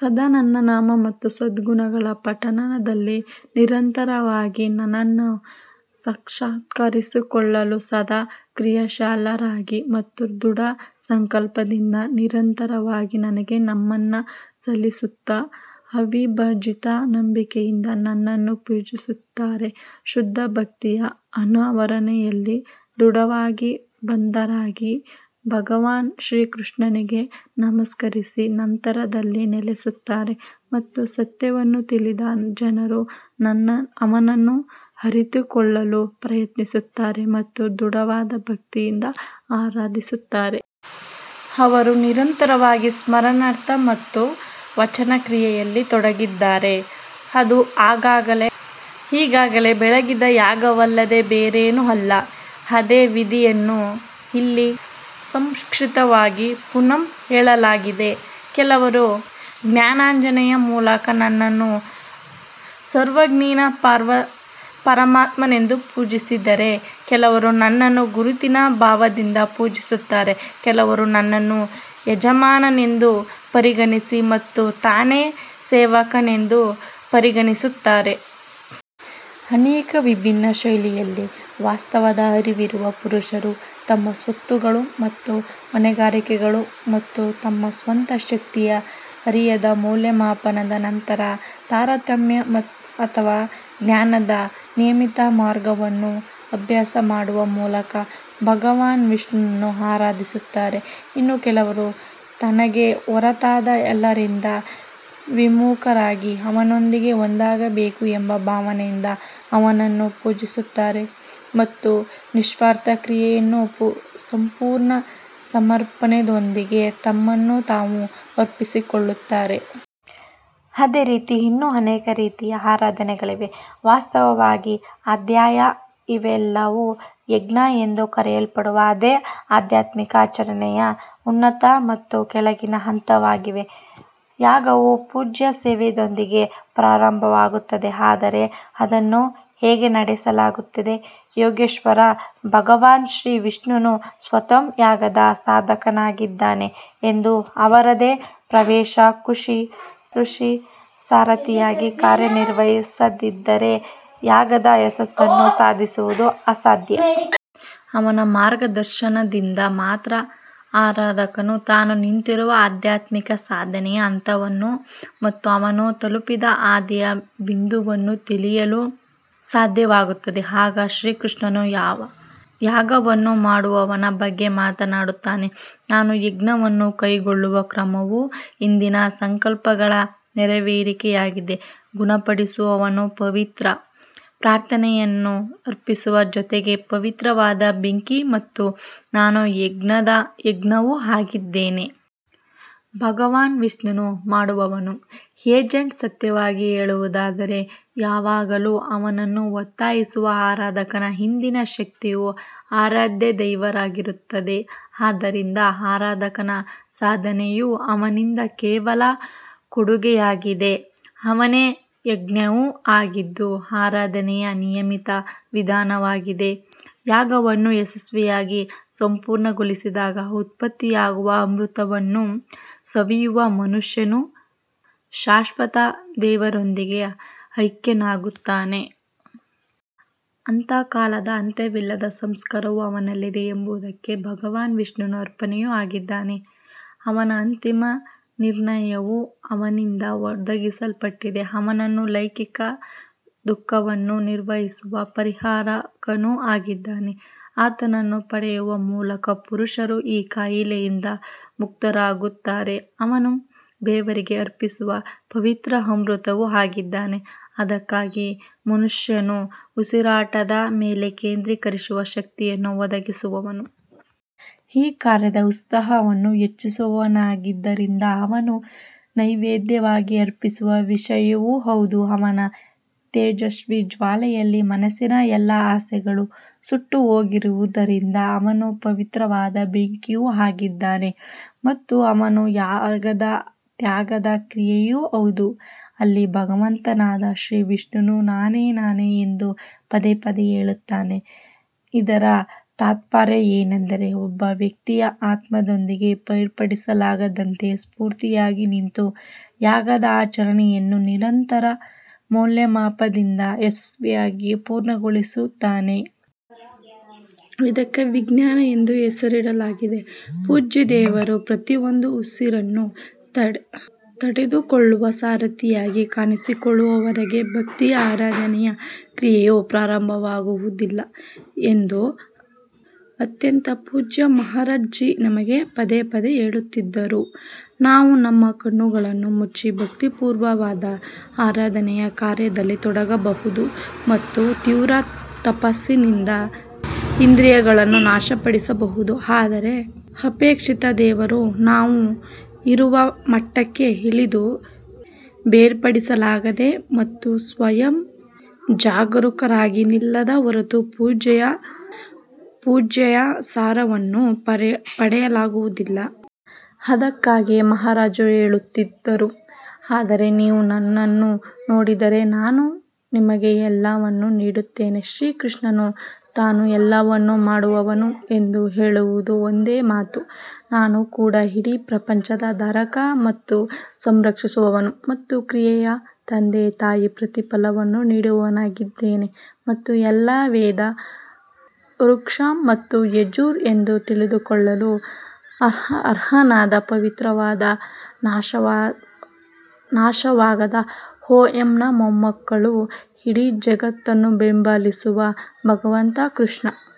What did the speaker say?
ಸದಾ ನನ್ನ ನಾಮ ಮತ್ತು ಸದ್ಗುಣಗಳ ಪಠಣದಲ್ಲಿ ನಿರತರಾಗಿ ನನ್ನನ್ನು ಸಾಕ್ಷಾತ್ಕರಿಸಿಕೊಳ್ಳಲು ಸದಾ ಕ್ರಿಯಾಶೀಲರಾಗಿ ಮತ್ತು ದೃಢ ಸಂಕಲ್ಪದಿಂದ ನಿರಂತರವಾಗಿ ನನಗೆ ನಮನ ಸಲ್ಲಿಸುತ್ತಾ ಅವಿಭಜಿತ ನಂಬಿಕೆಯಿಂದ ನನ್ನನ್ನು ಪೂಜಿಸುತ್ತಾರೆ. ಶ್ರದ್ಧಾಭಕ್ತಿಯ ಅನುಸರಣೆಯಲ್ಲಿ ದೃಢವಾಗಿ ಬದ್ಧರಾಗಿ ಭಗವಾನ್ ಶ್ರೀಕೃಷ್ಣನಿಗೆ ನಮಸ್ಕರಿಸಿ ಆತನಲ್ಲಿ ನೆಲೆಸುತ್ತಾರೆ ಮತ್ತು ಸತ್ಯವನ್ನು ತಿಳಿದ ಜನರು ಅವನನ್ನು ಅರಿತುಕೊಳ್ಳಲು ಪ್ರಯತ್ನಿಸುತ್ತಾರೆ ಮತ್ತು ದೃಢವಾದ ಭಕ್ತಿಯಿಂದ ಆರಾಧಿಸುತ್ತಾರೆ. ಅವರು ನಿರಂತರವಾಗಿ ಸ್ಮರಣಾರ್ಥ ಮತ್ತು ವಾಚನ ಕ್ರಿಯೆಯಲ್ಲಿ ತೊಡಗಿದ್ದಾರೆ, ಅದು ಈಗಾಗಲೇ ಬೆಳಗಿದ ಯಾಗವಲ್ಲದೆ ಬೇರೇನೂ ಅಲ್ಲ. ಅದೇ ವಿಧಿಯನ್ನು ಇಲ್ಲಿ ಸಂಕ್ಷಿಪ್ತವಾಗಿ ಪುನಃ ಹೇಳಲಾಗಿದೆ ಕೆಲವರು ಜ್ಞಾನಾರ್ಜನೆಯ ಮೂಲಕ ನನ್ನನ್ನು ಸರ್ವಾಂಗೀಣ ಪರಮಾತ್ಮನೆಂದು ಪೂಜಿಸಿದರೆ ಕೆಲವರು ನನ್ನನ್ನು ಗುರುತಿನ ಭಾವದಿಂದ ಪೂಜಿಸುತ್ತಾರೆ ಕೆಲವರು ನನ್ನನ್ನು ಯಜಮಾನನೆಂದು ಪರಿಗಣಿಸಿ ಮತ್ತು ತಾವೇ ಸೇವಕರೆಂದು ಪರಿಗಣಿಸುತ್ತಾರೆ. ಅನೇಕ ವಿಭಿನ್ನ ಶೈಲಿಯಲ್ಲಿ ವಾಸ್ತವದ ಅರಿವಿರುವ ಪುರುಷರು ತಮ್ಮ ಸ್ವತ್ತುಗಳು ಮತ್ತು ಹೊಣೆಗಾರಿಕೆಗಳು ಮತ್ತು ತಮ್ಮ ಸ್ವಂತ ಶಕ್ತಿಯ ಸರಿಯಾದ ಮೌಲ್ಯಮಾಪನದ ನಂತರ ತಾರತಮ್ಯ ಅಥವಾ ಜ್ಞಾನದ ನಿಯಮಿತ ಮಾರ್ಗವನ್ನು ಅಭ್ಯಾಸ ಮಾಡುವ ಮೂಲಕ ಭಗವಾನ್ ಕೃಷ್ಣನನ್ನು ಆರಾಧಿಸುತ್ತಾರೆ. ಇನ್ನು ಕೆಲವರು ತನಗೆ ಹೊರತಾದ ಎಲ್ಲದರಿಂದ ವಿಮುಖರಾಗಿ ಅವನೊಂದಿಗೆ ಒಂದಾಗಬೇಕು ಎಂಬ ಭಾವನೆಯಿಂದ ಅವನನ್ನು ಪೂಜಿಸುತ್ತಾರೆ ಮತ್ತು ನಿಸ್ವಾರ್ಥ ಕ್ರಿಯೆಯ ಸಂಪೂರ್ಣ ಸಮರ್ಪಣೆಯೊಂದಿಗೆ ತಮ್ಮನ್ನು ತಾವು ಅರ್ಪಿಸಿಕೊಳ್ಳುತ್ತಾರೆ. ಅದೇ ರೀತಿ ಇನ್ನೂ ಅನೇಕ ರೀತಿಯ ಆರಾಧನೆಗಳಿವೆ ವಾಸ್ತವವಾಗಿ ಆದಾಗ್ಯೂ ಇವೆಲ್ಲವೂ ಯಜ್ಞ ಎಂದು ಕರೆಯಲ್ಪಡುವ ಅದೇ ಆಧ್ಯಾತ್ಮಿಕ ಆಚರಣೆಯ ಉನ್ನತ ಮತ್ತು ಕೆಳಗಿನ ಹಂತಗಳಾಗಿವೆ ಯಾಗವು ಪೂಜ್ಯ ಸೇವೆಯೊಂದಿಗೆ ಪ್ರಾರಂಭವಾಗುತ್ತದೆ ಆದರೆ ಅದನ್ನು ಹೇಗೆ ನಡೆಸಲಾಗುತ್ತದೆ ಯೋಗೇಶ್ವರ ಭಗವಾನ್ ಶ್ರೀ ಕೃಷ್ಣನು ಸ್ವತಃ ಯಾಗದ ಸಾಧಕನಾಗಿದ್ದಾನೆ ಎಂದು ಅವರದೇ ಪ್ರವೇಶ ಋಷಿ ಸಾರಥಿಯಾಗಿ ಕಾರ್ಯನಿರ್ವಹಿಸದಿದ್ದರೆ ಯಾಗದ ಯಶಸ್ಸನ್ನು ಸಾಧಿಸುವುದು ಅಸಾಧ್ಯ. ಅವನ ಮಾರ್ಗದರ್ಶನದಿಂದ ಮಾತ್ರ ಆರಾಧಕನು ತಾನು ನಿಂತಿರುವ ಆಧ್ಯಾತ್ಮಿಕ ಸಾಧನೆಯ ಹಂತವನ್ನು ಮತ್ತು ಅವನು ತಲುಪಿದ ಹಾದಿಯ ಬಿಂದುವನ್ನು ತಿಳಿಯಲು ಸಾಧ್ಯವಾಗುತ್ತದೆ. ಆಗ ಶ್ರೀಕೃಷ್ಣನು ಯಾಗವನ್ನು ಮಾಡುವವನ ಬಗ್ಗೆ ಮಾತನಾಡುತ್ತಾನೆ ನಾನು ಯಜ್ಞವನ್ನು ಕೈಗೊಳ್ಳುವ ಕ್ರಮವು ಹಿಂದಿನ ಸಂಕಲ್ಪಗಳ ನೆರವೇರಿಕೆಯಾಗಿದೆ ಗುಣಪಡಿಸುವವನು ಪವಿತ್ರ ಪ್ರಾರ್ಥನೆಯನ್ನು ಅರ್ಪಿಸುವ ಜೊತೆಗೆ ಪವಿತ್ರವಾದ ಬೆಂಕಿ ಮತ್ತು ನಾನು ಯಜ್ಞದ ಯಜ್ಞವೂ ಆಗಿದ್ದೇನೆ. ಭಗವಾನ್ ಕೃಷ್ಣನು ಮಾಡುವವನು ಏಜೆಂಟ್ ಸತ್ಯವಾಗಿ ಹೇಳುವುದಾದರೆ ಯಾವಾಗಲೂ ಅವನನ್ನು ಒತ್ತಾಯಿಸುವ ಆರಾಧಕನ ಹಿಂದಿನ ಶಕ್ತಿಯು ಆರಾಧ್ಯ ದೇವರಾಗಿರುತ್ತದೆ ಆದ್ದರಿಂದ ಆರಾಧಕರ ಸಾಧನೆಯು ಅವನಿಂದ ಕೇವಲ ಕೊಡುಗೆಯಾಗಿದೆ ಅವನೇ ಯಜ್ಞವೂ ಆಗಿದ್ದು, ಆರಾಧನೆಯ ನಿಯಮಿತ ವಿಧಾನವಾಗಿದೆ ಯಾಗವನ್ನು ಯಶಸ್ವಿಯಾಗಿ ಪೂರ್ಣಗೊಳಿಸಿದಾಗ ಉತ್ಪತ್ತಿಯಾಗುವ ಅಮೃತವನ್ನು ಸವಿಯುವ ಮನುಷ್ಯನು ಶಾಶ್ವತ ದೇವರೊಂದಿಗೆ ಐಕ್ಯನಾಗುತ್ತಾನೆ. ಗತಕಾಲದ ಅಂತ್ಯವಿಲ್ಲದ ಸಂಸ್ಕಾರವು ಅವನಲ್ಲಿದೆ ಎಂಬುದಕ್ಕೆ ಭಗವಾನ್ ಕೃಷ್ಣನು ಅರ್ಪಣೆಯೂ ಆಗಿದ್ದಾನೆ, ಅವರ ಅಂತಿಮ ನಿರ್ಣಯವು ಅವನಿಂದ ಒದಗಿಸಲ್ಪಟ್ಟಿದೆ. ಅವನು ಲೌಕಿಕ ದುಃಖವನ್ನು ನಿವಾರಿಸುವ ಪರಿಹಾರಕನೂ ಆಗಿದ್ದಾನೆ ಆತನನ್ನು ಪಡೆಯುವ ಮೂಲಕ ಪುರುಷರು ಈ ಕಾಯಿಲೆಯಿಂದ ಮುಕ್ತರಾಗುತ್ತಾರೆ ಅವನು ದೇವರಿಗೆ ಅರ್ಪಿಸುವ ಪವಿತ್ರ ಮಂತ್ರವೂ ಆಗಿದ್ದಾನೆ ಅದಕ್ಕಾಗಿ ಮನಸ್ಸನ್ನು ಉಸಿರಾಟದ ಮೇಲೆ ಕೇಂದ್ರೀಕರಿಸುವ ಶಕ್ತಿಯನ್ನು ಒದಗಿಸುವವನು. ಈ ಕಾರ್ಯದ ಉತ್ಸಾಹವನ್ನು ಹೆಚ್ಚಿಸುವವನಾಗಿರುವುದರಿಂದ ಅವನು ನೈವೇದ್ಯವಾಗಿ ಅರ್ಪಿಸುವ ವಿಷಯವೂ ಹೌದು ಅವನ ತೇಜಸ್ವಿ ಜ್ವಾಲೆಯಲ್ಲಿ ಮನಸ್ಸಿನ ಎಲ್ಲಾ ಆಸೆಗಳು ಸುಟ್ಟುಹೋಗಿರುವುದರಿಂದ ಅವನು ಪವಿತ್ರವಾದ ಬೆಂಕಿಯೂ ಆಗಿದ್ದಾನೆ ಮತ್ತು ಅವನು ಯಾಗದ ತ್ಯಾಗದ ಕ್ರಿಯೆಯೂ ಹೌದು ಇಲ್ಲಿ ಭಗವಂತನಾದ ಶ್ರೀಕೃಷ್ಣನು ನಾನೇ ನಾನೇ ಎಂದು ಪದೇ ಪದೇ ಹೇಳುತ್ತಾನೆ ಇದರ ತಾತ್ಪರ್ಯ ಏನೆಂದರೆ, ಒಬ್ಬ ವ್ಯಕ್ತಿಯ ಆತ್ಮದೊಂದಿಗೆ ಬೇರ್ಪಡಿಸಲಾಗದಂತೆ ಸ್ಫೂರ್ತಿಯಾಗಿ ನಿಂತು ಯಾಗದ ಆಚರಣೆಯನ್ನು ನಿರಂತರ ಮೌಲ್ಯಮಾಪನದಿಂದ ಯಶಸ್ವಿಯಾಗಿ ಪೂರ್ಣಗೊಳಿಸುತ್ತಾನೆ. ಇದಕ್ಕೆ ವಿಜ್ಞಾನ ಎಂದು ಹೆಸರಿಡಲಾಗಿದೆ ಪೂಜ್ಯ ದೇವರು ಪ್ರತಿಯೊಂದು ಉಸಿರನ್ನು ತಡೆದುಕೊಳ್ಳುವ ಸಾರಥಿಯಾಗಿ ಕಾಣಿಸಿಕೊಳ್ಳುವವರೆಗೆ ಭಕ್ತಿಯ ಆರಾಧನೆಯ ಕ್ರಿಯೆಯು ಪ್ರಾರಂಭವಾಗುವುದಿಲ್ಲ ಎಂದು ಅತ್ಯಂತ ಪೂಜ್ಯ ಮಹಾರಾಜ್ ಜೀ ನಮಗೆ ಪದೇ ಪದೇ ಹೇಳುತ್ತಿದ್ದರು. ನಾವು ನಮ್ಮ ಕಣ್ಣುಗಳನ್ನು ಮುಚ್ಚಿ ಭಕ್ತಿಪೂರ್ವಕವಾದ ಆರಾಧನೆಯ ಕಾರ್ಯದಲ್ಲಿ ತೊಡಗಬಹುದು ಮತ್ತು ತೀವ್ರ ತಪಸ್ಸಿನಿಂದ ಇಂದ್ರಿಯಗಳನ್ನು ನಾಶಪಡಿಸಬಹುದು ಆದರೆ ಅಪೇಕ್ಷಿತ ದೇವರು ನಾವು ಇರುವ ಮಟ್ಟಕ್ಕೆ ಇಳಿದು ಬೇರ್ಪಡಿಸಲಾಗದೆ ಮತ್ತು ಸ್ವಯಂ ಜಾಗರೂಕರಾಗಿ ನಿಲ್ಲದ ಹೊರತು ಪೂಜೆಯ ಸಾರವನ್ನು ಪಡೆಯಲಾಗುವುದಿಲ್ಲ. ಅದಕ್ಕಾಗಿಯೇ ಮಹಾರಾಜರು ಹೇಳುತ್ತಿದ್ದರು, ಆದರೆ ನೀವು ನನ್ನನ್ನು ನೋಡಿದರೆ ನಾನು ನಿಮಗೆ ಎಲ್ಲವನ್ನೂ ನೀಡುತ್ತೇನೆ ಶ್ರೀಕೃಷ್ಣನು ತಾನು ಎಲ್ಲವನ್ನು ಮಾಡುವವನು ಎಂದು ಹೇಳುವುದು ಒಂದೇ ಮತ್ತು ನಾನು ಕೂಡ ಇಡೀ ಪ್ರಪಂಚದ ಧಾರಕ ಮತ್ತು ಸಂರಕ್ಷಿಸುವವನು ಮತ್ತು ಕ್ರಿಯೆಯ ತಂದೆ ತಾಯಿಗೆ ಪ್ರತಿಫಲವನ್ನು ನೀಡುವವನಾಗಿದ್ದೇನೆ ಮತ್ತು ಎಲ್ಲಾ ವೇದ ಋಗ್ ಸಾಮ್ ಮತ್ತು ಯಜುರ್ ಎಂದು ತಿಳಿದುಕೊಳ್ಳಲು ಅರ್ಹನಾದ ಪವಿತ್ರವಾದ ನಾಶವಾಗದ ಓಎಂನ ಮೊಮ್ಮಕ್ಕಳು ಇಡೀ ಜಗತ್ತನ್ನು ಬೆಂಬಲಿಸುವ ಭಗವಂತ ಕೃಷ್ಣ.